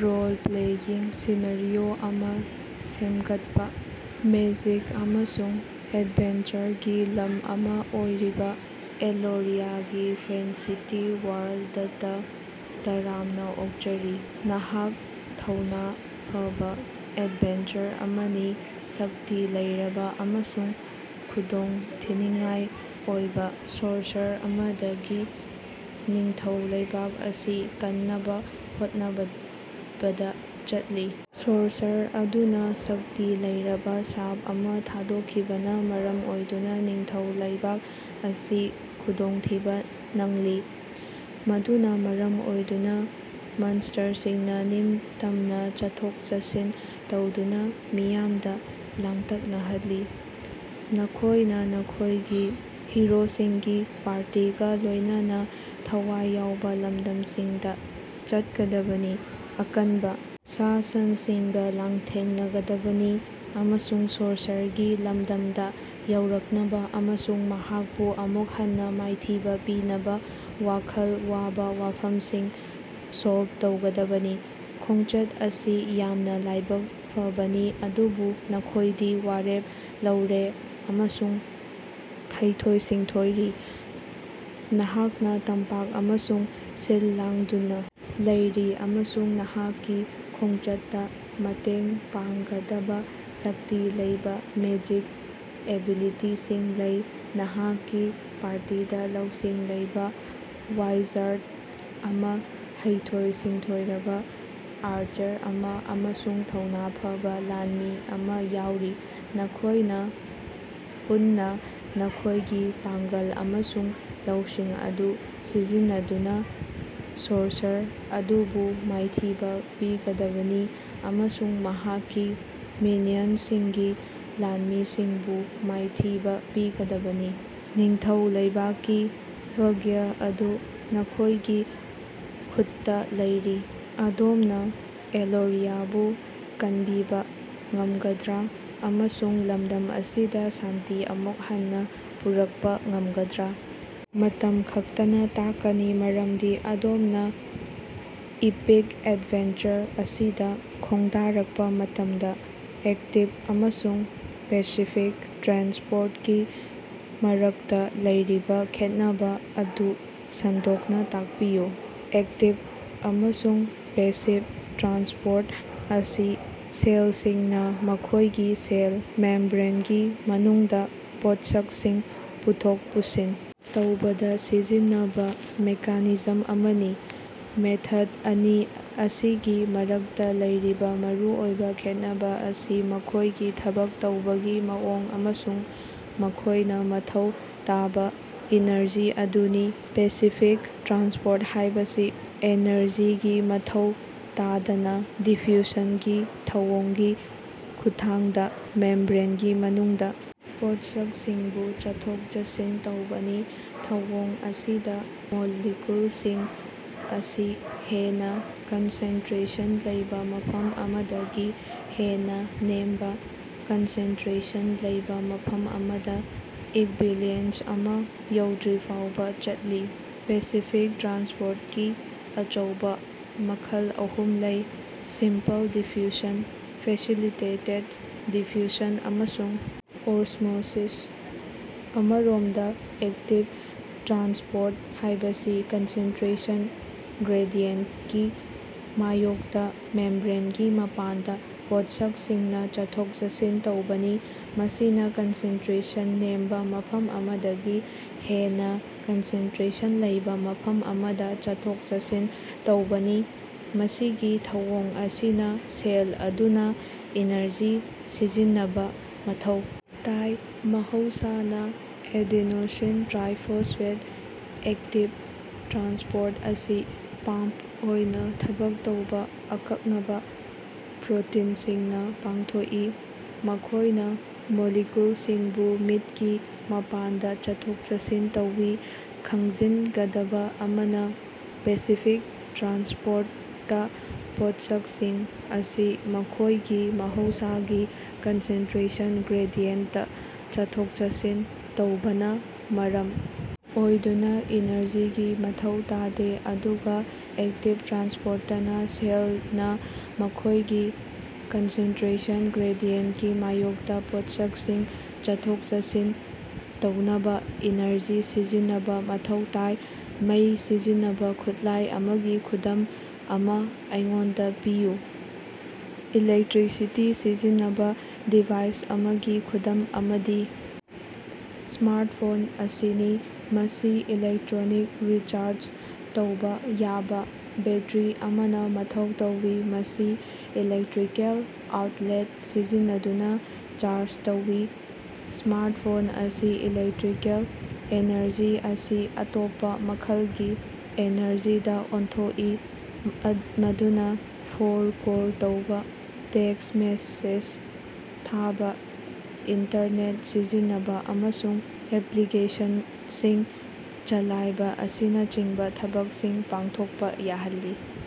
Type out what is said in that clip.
Role-playing scenario ꯑꯃꯥ ꯁꯦꯃꯒꯠꯄꯥ꯫ Magic ꯑꯃꯁꯨꯡ ꯑꯦꯗꯚꯦꯟꯆꯔꯒꯤ ꯂꯝ ꯑꯃꯥ ꯑꯣꯏꯔꯤꯕꯥ ꯑꯦꯂꯣꯔꯤꯌꯥꯒꯤ ꯐꯦꯟꯁꯤꯇꯤ ꯋꯥꯔꯜꯗꯇꯥ ꯇꯔꯥꯝꯅꯥ ꯑꯣꯛꯆꯔꯤ꯫ ꯅꯍꯥꯛ ꯊꯧꯅꯥ ꯐꯕꯥ ꯑꯦꯗꯚꯦꯟꯆꯔ ꯑꯃꯅꯤ, ꯁꯛꯇꯤ ꯂꯩꯔꯕꯥ ꯑꯃꯁꯨꯡ ꯈꯨꯗꯣꯡꯊꯤꯅꯤꯡꯉꯥꯏ ꯑꯣꯏꯕꯥ ꯁꯣꯔꯁꯔ ꯑꯃꯗꯒꯤ ꯅꯤꯡꯊꯧ ꯂꯩꯕꯥꯛ ꯑꯁꯤ ꯀꯟꯅꯕꯥ ꯍꯣꯠꯅꯕꯗꯥ ꯆꯠꯂꯤ꯫ ꯁꯣꯔꯁꯔ ꯑꯗꯨꯅꯥ ꯁꯛꯇꯤ ꯂꯩꯔꯕꯥ ꯁꯥꯞ ꯑꯃꯥ ꯊꯥꯗꯣꯛꯈꯤꯕꯅ ꯃꯔꯝ ꯑꯣꯏꯗꯨꯅ ꯅꯤꯡꯊꯧ ꯂꯩꯕꯥꯛ ꯑꯁꯤ ꯈꯨꯗꯣꯡꯊꯤꯕꯥ ꯅꯪꯂꯤ, ꯃꯗꯨꯅ ꯃꯔꯝ ꯑꯣꯏꯗꯨꯅꯥ ꯃꯟꯁ꯭ꯇꯔꯁꯤꯡꯅ ꯅꯤꯡꯇꯝꯅ ꯆꯠꯊꯣꯛ-ꯆꯠꯁꯤꯟ ꯇꯧꯗꯨꯅ ꯃꯤꯌꯥꯝꯗꯥ ꯂꯥꯡꯇꯛꯅꯍꯜꯂꯤ꯫ ꯅꯈꯣꯏꯅ ꯅꯈꯣꯏꯒꯤ ꯍꯤꯔꯣꯁꯤꯡꯒꯤ ꯄꯥꯔꯇꯤꯒ ꯂꯣꯏꯅꯅꯥ ꯊꯋꯥꯏ ꯌꯥꯎꯕ ꯂꯝꯗꯝꯁꯤꯡꯗꯥ ꯆꯠꯀꯗꯕꯅꯤ, ꯑꯀꯟꯕ ꯁꯥ-ꯁꯟꯁꯤꯡꯒ ꯂꯥꯟꯊꯦꯡꯅꯒꯗꯕꯅꯤ ꯑꯃꯁꯨꯡ ꯁꯣꯔꯁꯔꯒꯤ ꯂꯝꯗꯝꯗ ꯌꯧꯔꯛꯅꯕ ꯑꯃꯁꯨꯡ ꯃꯍꯥꯛꯄꯨ ꯑꯃꯨꯛ ꯍꯟꯅꯥ ꯃꯥꯏꯊꯤꯕꯥ ꯄꯤꯅꯕ ꯋꯥꯈꯜ ꯋꯥꯕ ꯋꯥꯐꯝꯁꯤꯡ ꯁꯣꯜꯕ ꯇꯧꯒꯗꯕꯅꯤ꯫ ꯈꯣꯡꯆꯠ ꯑꯁꯤ ꯌꯥꯝꯅ ꯂꯥꯏꯕꯛ ꯐꯕꯅꯤ, ꯑꯗꯨꯕꯨ ꯅꯈꯣꯏꯗꯤ ꯋꯥꯔꯦꯞ ꯂꯧꯔꯦ ꯑꯃꯁꯨꯡ ꯍꯩꯊꯣꯏ-ꯁꯤꯡꯊꯣꯏꯔꯤ꯫ ꯅꯍꯥꯛꯅ ꯇꯝꯄꯥꯛ ꯑꯃꯁꯨꯡ ꯁꯤꯜ ꯂꯥꯡꯗꯨꯅ ꯂꯩꯔꯤ, ꯑꯃꯁꯨꯡ ꯅꯍꯥꯛꯀꯤ ꯈꯣꯡꯆꯠꯇꯥ ꯃꯇꯦꯡ ꯄꯥꯡꯒꯗꯕ ꯁꯛꯇꯤ ꯂꯩꯕ ꯃꯦꯖꯤꯛ ꯑꯦꯕꯤꯂꯤꯇꯤꯁꯤꯡ ꯂꯩ꯫ ꯅꯍꯥꯛꯀꯤ ꯄꯥꯔꯇꯤꯗ ꯂꯧꯁꯤꯡ ꯂꯩꯕ ꯋꯥꯏꯖꯥꯔꯗ ꯑꯃꯥ, ꯍꯩꯊꯣꯏ-ꯁꯤꯡꯊꯣꯏꯔꯕ ꯑꯥꯔꯆꯔ ꯑꯃꯥ ꯑꯃꯁꯨꯡ ꯊꯧꯅꯥ ꯐꯕꯥ ꯂꯥꯟꯃꯤ ꯑꯃꯥ ꯌꯥꯎꯔꯤ꯫ ꯅꯈꯣꯏꯅ ꯄꯨꯟꯅꯥ ꯅꯈꯣꯏꯒꯤ ꯄꯥꯡꯒꯜ ꯑꯃꯁꯨꯡ ꯂꯧꯁꯤꯡ ꯑꯗꯨ ꯁꯤꯖꯤꯟꯅꯗꯨꯅ ꯁꯣꯔꯁꯔ ꯑꯗꯨꯕꯨ ꯃꯥꯏꯊꯤꯕ ꯄꯤꯒꯗꯕꯅꯤ ꯑꯃꯁꯨꯡ ꯃꯍꯥꯛꯀꯤ ꯃꯤꯅꯤꯌꯟꯁꯤꯡꯒꯤ ꯂꯥꯟꯃꯤꯁꯤꯡꯕꯨ ꯃꯥꯏꯊꯤꯕ ꯄꯤꯒꯗꯕꯅꯤ꯫ ꯅꯤꯡꯊꯧ ꯂꯩꯕꯥꯛꯀꯤ ꯚꯥꯒ꯭ꯌ ꯑꯗꯨ ꯅꯈꯣꯏꯒꯤ ꯈꯨꯠꯇꯥ ꯂꯩꯔꯤ꯫ ꯑꯗꯣꯝꯅ ꯑꯦꯂꯣꯔꯤꯌꯥꯕꯨ ꯀꯟꯕꯤꯕꯥ ꯉꯝꯒꯗ꯭ꯔꯥ ꯑꯃꯁꯨꯡ ꯂꯝꯗꯝ ꯑꯁꯤꯗ ꯁꯥꯟꯇꯤ ꯑꯃꯨꯛ ꯍꯟꯅꯥ ꯄꯨꯔꯛꯄꯥ ꯉꯝꯒꯗ꯭ꯔꯥ? ꯃꯇꯝ ꯈꯛꯇꯅꯥ ꯇꯥꯛꯀꯅꯤ, ꯃꯔꯝꯗꯤ ꯑꯗꯣꯝꯅꯥ ꯏꯄꯤꯛ ꯑꯦꯗꯚꯦꯟꯆꯔ ꯑꯁꯤꯗꯥ ꯈꯣꯡꯗꯥꯔꯛꯄꯥ ꯃꯇꯝꯗꯥ꯫ ꯑꯦꯛꯇꯤꯕ ꯑꯃꯁꯨꯡ ꯄꯦꯁꯤꯐꯤꯛ ꯇ꯭ꯔꯥꯟꯁꯄꯣꯔꯇꯀꯤ ꯃꯔꯛꯇꯥ ꯂꯩꯔꯤꯕꯥ ꯈꯦꯠꯅꯕꯥ ꯑꯗꯨ ꯁꯟꯗꯣꯛꯅꯥ ꯇꯥꯛꯄꯤꯌꯨ꯫ ꯑꯦꯛꯇꯤꯕ ꯑꯃꯁꯨꯡ ꯄꯦꯁꯤꯕ ꯇ꯭ꯔꯥꯟꯁꯄꯣꯔꯠ ꯑꯁꯤ ꯁꯦꯜꯁꯤꯡꯅꯥ ꯃꯈꯣꯏꯒꯤ ꯁꯦꯜ ꯃꯦꯝꯕ꯭ꯔꯦꯟꯒꯤ ꯃꯅꯨꯡꯗ ꯄꯣꯠꯁꯛꯁꯤꯡ ꯄꯨꯊꯣꯛ ꯄꯨꯁꯤꯟ ꯇꯧꯕꯗ ꯁꯤꯖꯤꯟꯅꯕ ꯃꯦꯀꯥꯅꯤꯖꯝ ꯑꯅꯤꯅꯤ꯫ ꯃꯦꯊꯗ ꯑꯅꯤ ꯑꯁꯤꯒꯤ ꯃꯔꯛꯇꯥ ꯂꯩꯔꯤꯕꯥ ꯃꯔꯨꯑꯣꯏꯕ ꯈꯦꯠꯅꯕ ꯑꯁꯤ ꯃꯈꯣꯏꯒꯤ ꯊꯕꯛ ꯇꯧꯕꯒꯤ ꯃꯑꯣꯡ ꯑꯃꯁꯨꯡ ꯃꯈꯣꯏꯅꯥ ꯃꯊꯧ ꯇꯥꯕꯥ ꯏꯅꯔꯖꯤ ꯑꯗꯨꯅꯤ꯫ ꯄꯦꯁꯤꯐꯤꯛ ꯇ꯭ꯔꯥꯟꯁꯄꯣꯔꯠ ꯍꯥꯏꯕꯁꯤ ꯑꯦꯅꯔꯖꯤꯒꯤ ꯃꯊꯧ ꯇꯥꯗꯅ, ꯗꯤꯐ꯭ꯌꯨꯁꯟꯒꯤ ꯊꯧꯑꯣꯡꯒꯤ ꯈꯨꯠꯊꯥꯡꯗ ꯃꯦꯝꯕ꯭ꯔꯦꯟꯒꯤ ꯃꯅꯨꯡꯗ ꯄꯣꯠꯁꯛꯁꯤꯡꯕꯨ ꯆꯠꯊꯣꯛ-ꯆꯠꯁꯤꯟ ꯇꯧꯕꯅꯤ꯫ ꯊꯧꯑꯣꯡ ꯑꯁꯤꯗꯥ ꯃꯣꯂꯤꯀꯌꯨꯜꯁꯤꯡ ꯑꯁꯤ ꯍꯦꯟꯅ ꯀꯟꯁꯦꯟꯇꯔꯦꯁꯟ ꯂꯩꯕꯥ ꯃꯐꯝ ꯑꯃꯗꯒꯤ ꯍꯦꯟꯅꯥ ꯅꯦꯝꯕꯥ ꯀꯟꯁꯦꯟꯇꯔꯦꯁꯟ ꯂꯩꯕꯥ ꯃꯐꯝ ꯑꯃꯗꯥ ꯏꯛꯕꯤꯂꯤꯑꯦꯟꯁ ꯑꯃꯥ ꯌꯧꯗ꯭ꯔꯤꯐꯥꯎꯕꯥ ꯆꯠꯂꯤ꯫ ꯄꯦꯁꯤꯐꯤꯛ ꯇ꯭ꯔꯥꯟꯁꯄꯣꯔꯇꯀꯤ ꯑꯆꯧꯕꯥ ꯃꯈꯜ ꯑꯍꯨꯝ ꯂꯩ: ꯁꯤꯝꯄꯜ ꯗꯤꯐ꯭ꯌꯨꯁꯟ, ꯐꯦꯁꯤꯂꯤꯇꯦꯇꯦꯗ ꯗꯤꯐ꯭ꯌꯨꯁꯟ ꯑꯃꯁꯨꯡ ꯑꯣꯁ꯭ꯃꯣꯁꯤꯁ꯫ ꯑꯃꯔꯣꯝꯗ, ꯑꯦꯛꯇꯤꯕ ꯇ꯭ꯔꯥꯟꯁꯄꯣꯔꯠ ꯍꯥꯏꯕꯁꯤ ꯀꯟꯁꯦꯟꯇꯔꯦꯁꯟ ꯒ꯭ꯔꯦꯗꯤꯌꯦꯟꯇꯀꯤ ꯃꯥꯌꯣꯛꯇꯥ ꯃꯦꯝꯕ꯭ꯔꯦꯟꯒꯤ ꯃꯄꯥꯟꯗ ꯄꯣꯠꯁꯛꯁꯤꯡꯅꯥ ꯆꯠꯊꯣꯛ-ꯆꯠꯁꯤꯟ ꯇꯧꯕꯅꯤ, ꯃꯁꯤꯅꯥ ꯀꯟꯁꯦꯟꯇꯔꯦꯁꯟ ꯅꯦꯝꯕ ꯃꯐꯝ ꯑꯃꯗꯒꯤ ꯍꯦꯟꯅ ꯀꯟꯁꯦꯟꯇꯔꯦꯁꯟ ꯂꯩꯕꯥ ꯃꯐꯝ ꯑꯃꯗꯥ ꯆꯠꯊꯣꯛ-ꯆꯠꯁꯤꯟ ꯇꯧꯕꯅꯤ꯫ ꯃꯁꯤꯒꯤ ꯊꯧꯑꯣꯡ ꯑꯁꯤꯅꯥ ꯁꯦꯜ ꯑꯗꯨꯅꯥ ꯏꯅꯔꯖꯤ ꯁꯤꯖꯤꯟꯅꯕꯥ ꯃꯊꯧ ꯇꯥꯏ, ꯃꯍꯧꯁꯥꯅꯥ ꯑꯦꯗ‌ꯦꯅ‌ꯣꯁꯤꯟ ꯇꯔꯥꯏꯐ‌ꯣꯁꯐ‌ꯦꯠ ꯑꯦꯛꯇꯤꯕ ꯇ꯭ꯔꯥꯟꯁꯄꯣꯔꯠ ꯑꯁꯤ ꯄꯝꯞ ꯑꯣꯏꯅ ꯊꯕꯛ ꯇꯧꯕ ꯑꯀꯛꯅꯕ ꯄ꯭ꯔꯣꯇꯤꯟꯁꯤꯡꯅ ꯄꯥꯡꯊꯣꯛꯏ, ꯃꯈꯣꯏꯅ ꯃꯣꯂꯤꯀꯌꯨꯜꯁꯤꯡꯕꯨ ꯃꯤꯠꯀꯤ ꯃꯄꯥꯟꯗ ꯆꯠꯊꯣꯛ-ꯆꯠꯁꯤꯟ ꯇꯧꯏ꯫ ꯈꯪꯖꯤꯟꯒꯗꯕꯥ ꯑꯃꯅꯥ, ꯄꯦꯁꯤꯐꯤꯛ ꯇ꯭ꯔꯥꯟꯁꯄꯣꯔꯇꯇꯥ ꯄꯣꯠꯁꯛꯁꯤꯡ ꯑꯁꯤ ꯃꯈꯣꯏꯒꯤ ꯃꯍꯧꯁꯥꯒꯤ ꯀꯟꯁꯦꯟꯇꯔꯦꯁꯟ ꯒ꯭ꯔꯦꯗꯤꯌꯦꯟꯇꯇꯥ ꯆꯠꯊꯣꯛ-ꯆꯠꯁꯤꯟ ꯇꯧꯕꯅꯥ ꯃꯔꯝ ꯑꯣꯏꯗꯨꯅꯥ ꯏꯅꯔꯖꯤꯒꯤ ꯃꯊꯧ ꯇꯥꯗꯦ, ꯑꯗꯨꯒꯥ ꯑꯦꯛꯇꯤꯕ ꯇ꯭ꯔꯥꯟꯁꯄꯣꯔꯇꯅꯥ ꯁꯦꯜꯅꯥ ꯃꯈꯣꯏꯒꯤ ꯀꯟꯁꯦꯟꯇꯔꯦꯁꯟ ꯒ꯭ꯔꯦꯗꯤꯌꯦꯟꯇꯀꯤ ꯃꯥꯌꯣꯛꯇꯥ ꯄꯣꯠꯁꯛꯁꯤꯡ ꯆꯠꯊꯣꯛ-ꯆꯠꯁꯤꯟ ꯇꯧꯅꯕꯥ ꯏꯅꯔꯖꯤ ꯁꯤꯖꯤꯟꯅꯕ ꯃꯊꯧ ꯇꯥꯏ꯫ ꯃꯩ ꯁꯤꯖꯤꯟꯅꯕꯥ ꯈꯨꯠꯂꯥꯏ ꯑꯃꯒꯤ ꯈꯨꯗꯝ ꯑꯃꯥ ꯑꯩꯉꯣꯟꯗꯥ ꯄꯤꯌꯨ꯫ ꯏꯂꯦꯛꯇꯔꯤꯁꯤꯇꯤ ꯁꯤꯖꯤꯟꯅꯕ ꯗꯤꯚꯥꯏꯁ ꯑꯃꯒꯤ ꯈꯨꯗꯝ ꯑꯃꯗꯤ ꯁ꯭ꯃꯥꯔꯠꯐꯣꯟ ꯑꯁꯤꯅꯤ꯫ ꯃꯁꯤ ꯏꯟꯇꯔꯅꯦꯜ ꯔꯤꯆꯥꯔꯖ ꯇꯧꯕ ꯌꯥꯕꯥ ꯕꯦꯠꯇꯔꯤ ꯑꯃꯅ ꯃꯊꯧ ꯇꯧꯏ, ꯃꯁꯤ ꯏꯂꯦꯛꯇꯔꯤꯀꯦꯜ ꯑꯥꯎꯠꯂꯦꯠ ꯁꯤꯖꯤꯟꯅꯗꯨꯅ ꯆꯥꯔꯖ ꯇꯧꯏ꯫ ꯁ꯭ꯃꯥꯔꯠꯐꯣꯟ ꯑꯁꯤꯅꯥ ꯏꯂꯦꯛꯇꯔꯤꯀꯦꯜ ꯑꯦꯅꯔꯖꯤ ꯑꯁꯤ ꯑꯇꯣꯞꯄ ꯃꯈꯜꯒꯤ ꯑꯦꯅꯔꯖꯤꯗ ꯑꯣꯟꯊꯣꯛꯏ ꯃꯗꯨꯅ ꯐꯣꯟ ꯀꯣꯜ ꯇꯧꯕꯥ, ꯇꯦꯛꯁ ꯃꯦꯁꯦꯖ ꯊꯥꯕꯥ, ꯏꯟꯇꯔꯅꯦꯠ ꯁꯤꯖꯤꯟꯅꯕꯥ, ꯑꯃꯁꯨꯡ ꯑꯦꯄꯂꯤꯀꯦꯁꯟꯁꯤꯡ ꯆꯂꯥꯏꯕ ꯑꯁꯤꯅꯆꯤꯡꯕ ꯊꯕꯛꯁꯤꯡ ꯄꯥꯡꯊꯣꯛꯄꯥ ꯌꯥꯍꯜꯂꯤ꯫।